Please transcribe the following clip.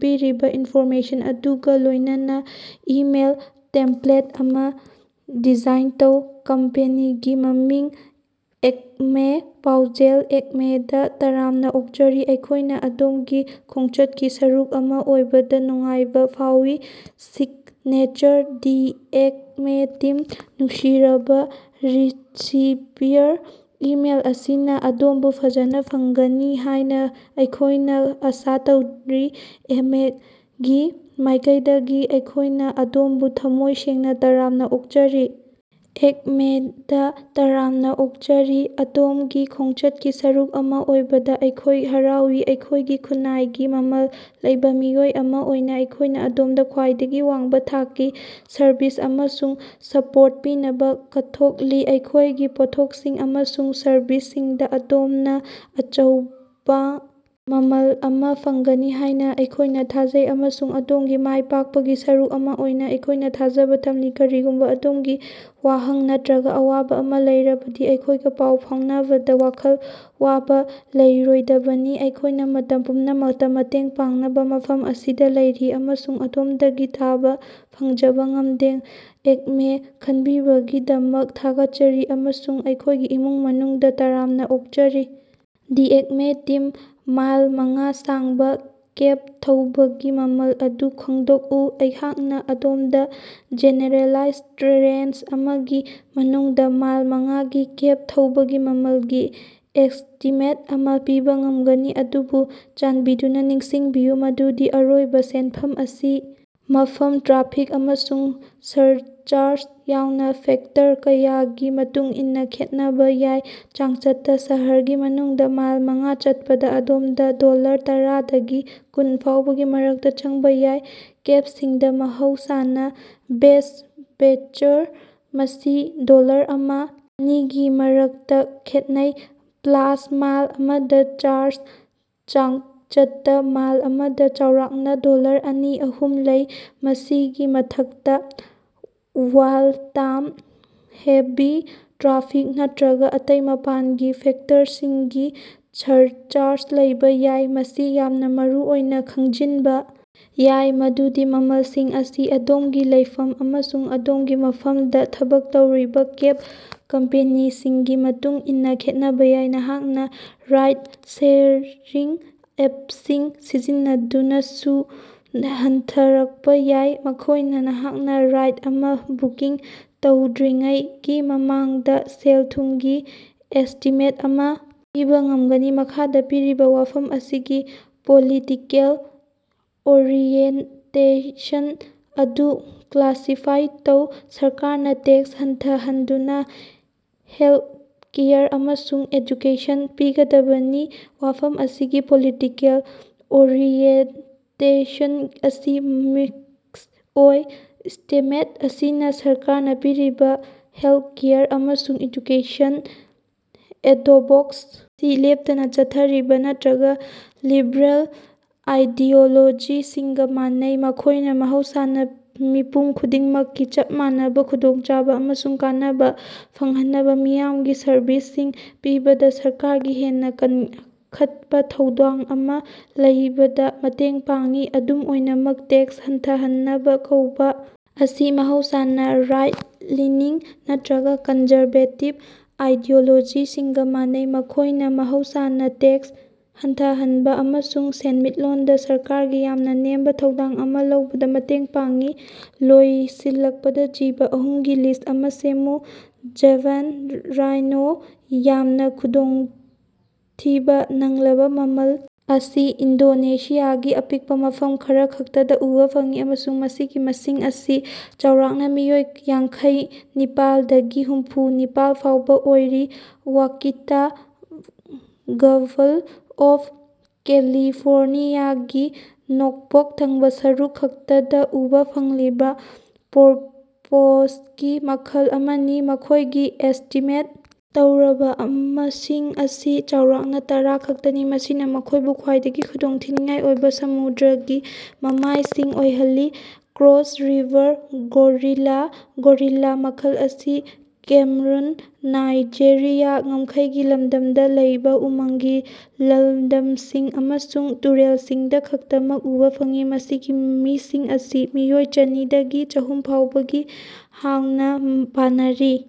ꯄꯤꯔꯤꯕ ꯏꯟꯐꯣꯔꯃꯦꯁꯟ ꯑꯗꯨꯒ ꯂꯣꯏꯅꯅ ꯏꯃꯦꯜ ꯇꯦꯝꯄ꯭ꯂꯦꯠ ꯑꯃ ꯗꯤꯖꯥꯏꯟ ꯇꯧ꯫ ꯀꯝꯄꯦꯅꯤꯒꯤ ꯃꯃꯤꯡ: ꯑꯦꯛꯃꯦ ꯄꯥꯎꯖꯦꯜ: ꯑꯦꯛꯃꯦꯗ ꯇꯔꯥꯝꯅ ꯑꯣꯛꯆꯔꯤ! ꯑꯩꯈꯣꯏꯅ ꯑꯗꯣꯝꯒꯤ ꯈꯣꯡꯆꯠꯀꯤ ꯁꯔꯨꯛ ꯑꯃꯥ ꯑꯣꯏꯕꯗ ꯅꯨꯡꯉꯥꯏꯕ ꯐꯥꯎꯏ ꯫ꯁꯤꯒꯅꯦꯆꯔ: ꯗꯤ ꯑꯦꯛꯃꯦ ꯇꯤꯝ꯫ ꯅꯨꯡꯁꯤꯔꯕꯥ ꯔꯤꯁꯤꯄꯤꯌꯔ, ꯏꯃꯦꯜ ꯑꯁꯤꯅ ꯑꯗꯣꯝꯕꯨ ꯐꯖꯅ ꯐꯪꯒꯅꯤ ꯍꯥꯏꯅ ꯑꯩꯈꯣꯏꯅ ꯑꯥꯁꯥ ꯇꯧꯔꯤ꯫ ꯑꯦꯛꯃꯦ ꯒꯤ ꯃꯥꯏꯀꯩꯗꯒꯤ ꯑꯩꯈꯣꯏꯅ ꯑꯗꯣꯝꯕꯨ ꯊꯃꯣꯏ ꯁꯦꯡꯅ ꯇꯔꯥꯝꯅ ꯑꯣꯛꯆꯔꯤ! ꯑꯦꯛꯃꯦ ꯗ ꯇꯔꯥꯝꯅꯥꯑꯣꯛꯆꯔꯤ! ꯑꯗꯣꯝꯒꯤ ꯈꯣꯡꯆꯠꯀꯤ ꯁꯔꯨꯛ ꯑꯃ ꯑꯣꯏꯕꯗ ꯑꯩꯈꯣꯏ ꯍꯔꯥꯎꯏ꯫ ꯑꯩꯈꯣꯏꯒꯤ ꯈꯨꯟꯅꯥꯏꯒꯤ ꯃꯃꯜ ꯂꯩꯕ ꯃꯤꯑꯣꯏ ꯑꯃ ꯑꯣꯏꯅ ꯑꯩꯈꯣꯏꯅ ꯑꯗꯣꯝꯗ ꯈ꯭ꯋꯥꯏꯗꯒꯤ ꯋꯥꯡꯕ ꯊꯥꯛꯀꯤ ꯁꯔꯚꯤꯁ ꯑꯃꯁꯨꯡ ꯁꯄꯣꯔꯠ ꯄꯤꯅꯕ ꯀꯠꯊꯣꯛꯂꯤ꯫ ꯑꯩꯈꯣꯏꯒꯤ ꯄꯣꯠꯊꯣꯛꯁꯤꯡ ꯑꯃꯁꯨꯡ ꯁꯔꯕꯤꯁꯁꯤꯡꯗ ꯑꯗꯣꯝꯅ ꯑꯆꯧꯕꯥ ꯃꯃꯜ ꯑꯃ ꯐꯪꯒꯅꯤ ꯍꯥꯏꯅ ꯑꯩꯈꯣꯏꯅ ꯊꯥꯖꯩ, ꯑꯃꯁꯨꯡ ꯑꯗꯣꯝꯒꯤ ꯃꯥꯏ ꯄꯥꯛꯄꯒꯤ ꯁꯔꯨꯛ ꯑꯃ ꯑꯣꯏꯅꯕ ꯑꯩꯈꯣꯏꯅ ꯊꯥꯖꯕꯥ ꯊꯝꯂꯤ꯫ ꯀꯔꯤꯒꯨꯝꯕ ꯑꯗꯣꯝꯒꯤ ꯋꯥꯍꯪ ꯅꯠꯇ꯭ꯔꯒ ꯑꯋꯥꯕ ꯑꯃ ꯂꯩꯔꯕꯗꯤ ꯑꯩꯈꯣꯏꯒ ꯄꯥꯎ ꯐꯥꯎꯅꯕꯗ ꯋꯥꯈꯜ ꯋꯥꯕ ꯂꯩꯔꯣꯏꯗꯕꯅꯤ꯫ ꯑꯩꯈꯣꯏꯅ ꯃꯇꯝ ꯄꯨꯝꯅꯃꯛꯇ ꯃꯇꯦꯡ ꯄꯥꯡꯅꯕꯥ ꯃꯐꯝ ꯑꯁꯤꯗꯥ ꯂꯩꯔꯤ, ꯑꯃꯁꯨꯡ ꯑꯗꯣꯝꯗꯒꯤ ꯇꯥꯕ ꯐꯪꯖꯕꯥ ꯉꯝꯗꯦ꯫ ꯑꯦꯛꯃꯦ ꯈꯟꯕꯤꯕꯒꯤꯗꯃꯛ ꯊꯥꯒꯠꯆꯔꯤ ꯑꯃꯁꯨꯡ ꯑꯩꯈꯣꯏꯒꯤ ꯏꯃꯨꯡ ꯃꯅꯨꯡꯗ ꯇꯔꯥꯝꯅꯥ ꯑꯣꯛꯆꯔꯤ! ꯗꯤ ꯑꯦꯛꯃꯦ ꯇꯤꯝ꯫ ꯃꯥꯏꯜ ꯃꯉꯥ ꯁꯥꯡꯕ ꯀꯦꯕ ꯊꯧꯕꯒꯤ ꯃꯃꯜ ꯑꯗꯨ ꯈꯪꯗꯣꯛꯎ꯫ ꯑꯩꯍꯥꯛꯅ ꯑꯗꯣꯝꯗ ꯖꯦꯅꯦꯔꯦꯂꯥꯏꯖ ꯔꯦꯟꯖ ꯑꯃꯒꯤ ꯃꯅꯨꯡꯗ ꯃꯥꯏꯜ ꯃꯉꯥꯒꯤ ꯀꯦꯕ ꯊꯧꯕꯒꯤ ꯃꯃꯜꯒꯤ ꯑꯦꯁꯇꯤꯃꯦꯠ ꯑꯃ ꯄꯤꯕ ꯉꯝꯒꯅꯤ, ꯑꯗꯨꯕꯨ ꯆꯥꯟꯕꯤꯗꯨꯅ ꯅꯤꯡꯁꯤꯡꯕꯤꯌꯨ ꯃꯗꯨꯗꯤ ꯑꯔꯣꯏꯕ ꯁꯦꯟꯐꯝ ꯑꯁꯤ ꯃꯐꯝ, ꯇ꯭ꯔꯥꯐꯤꯛ, ꯑꯃꯁꯨꯡ ꯁꯔꯆꯥꯔꯖ ꯌꯥꯎꯅ ꯐꯦꯛꯇꯔ ꯀꯌꯥꯒꯤ ꯃꯇꯨꯡ ꯏꯟꯅ ꯈꯦꯠꯅꯕ ꯌꯥꯏ꯫ ꯆꯥꯡꯆꯠꯇꯥ, ꯁꯍꯔꯒꯤ ꯃꯅꯨꯡꯗ ꯃꯥꯏꯜ ꯃꯉꯥ ꯆꯠꯄꯗ ꯑꯗꯣꯝꯗ ꯗꯣꯂꯔ ꯇꯔꯥꯗꯒꯤ ꯀꯨꯟ ꯐꯥꯎꯕꯒꯤ ꯃꯔꯛꯇ ꯆꯪꯕ ꯌꯥꯏ꯫ ꯀꯦꯕꯁꯤꯡꯗ ꯃꯍꯧꯁꯥꯅ ꯕꯦꯖ ꯐꯦꯌꯔ (ꯃꯁꯤ ꯗꯣꯂꯔ ꯑꯃꯥ - ꯑꯅꯤꯒꯤ ꯃꯔꯛꯇ ꯈꯦꯠꯅꯩ) ꯄ꯭ꯂꯥꯁ ꯃꯥꯏꯜ ꯑꯃꯗ ꯆꯥꯔꯖ (ꯆꯥꯡꯆꯠꯇ ꯃꯥꯏꯜ ꯑꯃꯗ ꯆꯥꯎꯔꯥꯛꯅ ꯗꯣꯂꯔ ꯑꯅꯤ - ꯑꯍꯨꯝ) ꯂꯩ꯫ ꯃꯁꯤꯒꯤ ꯃꯊꯛꯇ ꯋꯥꯏꯠ ꯇꯥꯏꯝ, ꯍꯦꯚꯤ ꯇ꯭ꯔꯥꯐꯤꯛ ꯅꯠꯇ꯭ꯔꯒ ꯑꯇꯩ ꯃꯄꯥꯟꯒꯤ ꯐꯦꯛꯇꯔꯁꯤꯡꯒꯤ ꯁꯔꯆꯥꯔꯖ ꯂꯩꯕ ꯌꯥꯏ꯫ ꯃꯁꯤ ꯌꯥꯝꯅ ꯃꯔꯨꯑꯣꯏꯅ ꯈꯪꯖꯤꯟꯕ ꯌꯥꯏ ꯃꯗꯨꯗꯤ ꯃꯃꯜꯁꯤꯡ ꯑꯁꯤ ꯑꯗꯣꯝꯒꯤ ꯂꯩꯐꯝ ꯑꯃꯁꯨꯡ ꯑꯗꯣꯝꯒꯤ ꯃꯐꯝꯗ ꯊꯕꯛ ꯇꯧꯔꯤꯕ ꯀꯦꯕ ꯀꯝꯄꯦꯅꯤꯁꯤꯡꯒꯤ ꯃꯇꯨꯡ ꯏꯟꯅ ꯈꯦꯠꯅꯕ ꯌꯥꯏ꯫ ꯅꯍꯥꯛꯅ ꯔꯥꯏꯗ-ꯁꯦꯌꯔꯤꯡ ꯑꯦꯞꯁꯤꯡ ꯁꯤꯖꯤꯟꯅꯕꯗꯁꯨ ꯍꯟꯊꯔꯛꯄ ꯌꯥꯏ, ꯃꯈꯣꯏꯅ ꯅꯍꯥꯛꯅ ꯔꯥꯏꯗ ꯑꯃ ꯕꯨꯀꯤꯡ ꯇꯧꯗ꯭ꯔꯤꯉꯩꯒꯤ ꯃꯃꯥꯡꯗꯥ ꯁꯦꯜ-ꯊꯨꯝꯒꯤ ꯑꯦꯁ꯭ꯇꯤꯃꯦꯠ ꯑꯃ ꯄꯤꯕ ꯉꯝꯒꯅꯤ꯫ ꯃꯈꯥꯗ ꯄꯤꯔꯤꯕꯥ ꯋꯥꯐꯝ ꯑꯁꯤꯒꯤ ꯄꯣꯂꯤꯇꯤꯀꯦꯜ ꯑꯣꯔꯤꯑꯦꯟꯇꯦꯁꯟ ꯑꯗꯨ ꯀ꯭ꯂꯥꯁꯤꯐꯥꯏ ꯇꯧ: ꯁꯔꯀꯥꯔꯅ ꯇꯦꯛꯁ ꯍꯟꯊꯍꯟꯗꯨꯅ ꯍꯦꯜꯊꯀꯦꯌꯔ ꯑꯃꯁꯨꯡ ꯑꯦꯖꯨꯀꯦꯁꯟ ꯄꯤꯒꯗꯕꯅꯤ꯫ ꯋꯥꯐꯝ ꯑꯁꯤꯒꯤ ꯄꯣꯂꯤꯇꯤꯀꯦꯜ ꯑꯣꯔꯤꯑꯦꯟꯇꯦꯁꯟ ꯑꯁꯤ ꯃꯤꯛꯁ ꯑꯣꯏ꯫ ꯁ꯭ꯇꯦꯠꯃꯦꯟꯇ ꯑꯁꯤꯅ ꯁꯔꯀꯥꯔꯅ ꯄꯤꯔꯤꯕ ꯍꯦꯜꯊꯀꯦꯌꯔ ꯑꯃꯁꯨꯡ ꯑꯦꯖꯨꯀꯦꯁꯟꯒꯤ ꯑꯦꯗꯣꯕꯣꯛꯁ ꯑꯁꯤ ꯂꯦꯞꯇꯅ ꯆꯠꯊꯔꯤꯕ ꯅꯠꯇ꯭ꯔꯒ ꯂꯤꯕꯔꯜ ꯑꯥꯏꯗꯤꯑꯣꯂꯣꯖꯤꯁꯤꯡꯒꯥ ꯃꯥꯟꯅꯩ, ꯃꯈꯣꯏꯅ ꯃꯍꯧꯁꯥꯅ ꯃꯤꯄꯨꯝ ꯈꯨꯗꯤꯡꯃꯛꯀꯤ ꯆꯞ ꯃꯥꯟꯅꯕ ꯈꯨꯗꯣꯡꯆꯥꯕ ꯑꯃꯁꯨꯡ ꯀꯥꯟꯅꯕ ꯐꯪꯍꯟꯅꯕ ꯃꯤꯌꯥꯝꯒꯤ ꯁꯔꯕꯤꯁꯁꯤꯡ ꯄꯤꯕꯗ ꯁꯔꯀꯥꯔꯒꯤ ꯍꯦꯟꯅ ꯀꯟꯈꯠꯄ ꯊꯧꯗꯥꯡ ꯑꯃ ꯂꯩꯕꯗ ꯃꯇꯦꯡ ꯄꯥꯡꯏ꯫ ꯑꯗꯨꯝ ꯑꯣꯏꯅꯃꯛ, ꯇꯦꯛꯁ ꯍꯟꯊꯍꯟꯅꯕ ꯀꯧꯕ ꯑꯁꯤ ꯃꯍꯧꯁꯥꯅ ꯔꯥꯏꯠ-ꯂꯤꯅꯤꯡ ꯅꯠꯇ꯭ꯔꯒ ꯀꯟꯖꯔꯕꯦꯇꯤꯚ ꯑꯥꯏꯗꯤꯑꯣꯂꯣꯖꯤꯁꯤꯡꯒ ꯃꯥꯟꯅꯩ꯫ ꯃꯈꯣꯏꯅ ꯃꯍꯧꯁꯥꯅ ꯇꯦꯛꯁ ꯍꯟꯊꯍꯟꯕ ꯑꯃꯁꯨꯡ ꯁꯦꯟꯃꯤꯠꯂꯣꯟꯗ ꯁꯔꯀꯥꯔꯒꯤ ꯌꯥꯝꯅ ꯅꯦꯝꯕ ꯊꯧꯗꯥꯡ ꯑꯃ ꯂꯧꯕꯗ ꯃꯇꯦꯡ ꯄꯥꯡꯏ꯫ ꯂꯣꯏꯁꯤꯜꯂꯛꯄꯗ ꯖꯤꯕ ꯑꯍꯨꯝꯒꯤ ꯂꯤꯁ꯭ꯠ ꯑꯃ ꯁꯦꯝꯃꯨ꯫ ꯖꯥꯚꯥꯟ ꯔꯥꯏꯅꯣ: ꯌꯥꯝꯅ ꯈꯨꯗꯣꯡꯊꯤꯕ ꯅꯪꯂꯕ ꯃꯃꯜ ꯑꯁꯤ ꯏꯟꯗꯣꯅꯦꯁꯤꯌꯥꯒꯤ ꯑꯄꯤꯛꯄ ꯃꯐꯝ ꯈꯔꯈꯛꯇꯗ ꯎꯕ ꯐꯪꯏ ꯑꯃꯁꯨꯡ ꯃꯁꯤꯒꯤ ꯃꯁꯤꯡ ꯑꯁꯤ ꯆꯥꯎꯔꯥꯛꯅ ꯃꯤꯑꯣꯏ ꯌꯥꯡꯈꯩꯅꯤꯄꯥꯜꯗꯒꯤ ꯍꯨꯝꯐꯨ ꯅꯤꯄꯥꯜ ꯐꯥꯎꯕ ꯑꯣꯏꯔꯤ꯫ ꯋꯥꯀꯤꯇꯥ: ꯒꯜꯐ ꯑꯣꯐ ꯀꯦꯂꯤꯐꯣꯔꯅꯤꯌꯥꯒꯤ ꯅꯣꯡꯄꯣꯛ ꯊꯪꯕ ꯁꯔꯨꯛ ꯈꯛꯇꯗ ꯎꯕ ꯐꯪꯂꯤꯕ ꯄꯣꯔꯄꯣꯏꯖꯒꯤ ꯃꯈꯜ ꯑꯃꯅꯤ꯫ ꯃꯈꯣꯏꯒꯤ ꯑꯦꯁ꯭ꯇꯤꯃꯦꯠ ꯇꯧꯔꯕ ꯃꯁꯤꯡ ꯑꯁꯤ ꯆꯥꯎꯔꯥꯛꯅ ꯇꯔꯥꯈꯛꯇꯅꯤ, ꯃꯁꯤꯅ ꯃꯈꯣꯏꯕꯨ ꯈ꯭ꯋꯥꯏꯗꯒꯤ ꯈꯨꯗꯣꯡꯊꯤꯅꯤꯡꯉꯥꯏ ꯑꯣꯏꯕ ꯁꯃꯨꯗ꯭ꯔꯒꯤ ꯃꯃꯥꯏꯁꯤꯡ ꯑꯣꯏꯍꯜꯂꯤ꯫ ꯀ꯭ꯔꯣꯁ ꯔꯤꯚꯔ ꯒꯣꯔꯤꯂꯥ: ꯒꯣꯔꯤꯂꯥ ꯃꯈꯜ ꯑꯁꯤ ꯀꯦꯃꯔꯨꯟ-ꯅꯥꯏꯖꯦꯔꯤꯌꯥ ꯉꯝꯈꯩꯒꯤ ꯂꯝꯗꯝꯗ ꯂꯩꯕꯥ ꯎꯃꯪꯒꯤ ꯂꯜꯗꯝꯁꯤꯡ ꯑꯃꯁꯨꯡ ꯇꯨꯔꯦꯜꯁꯤꯡꯗ ꯈꯛꯇꯃꯛ ꯎꯕ ꯐꯪꯏ, ꯃꯁꯤꯒꯤ ꯃꯤꯁꯤꯡ ꯑꯁꯤ ꯃꯤꯑꯣꯏ ꯆꯅꯤ ꯗꯒꯤ ꯆꯍꯨꯝ ꯐꯥꯎꯕꯅꯤ ꯍꯥꯡꯅ ꯄꯥꯅꯔꯤ꯫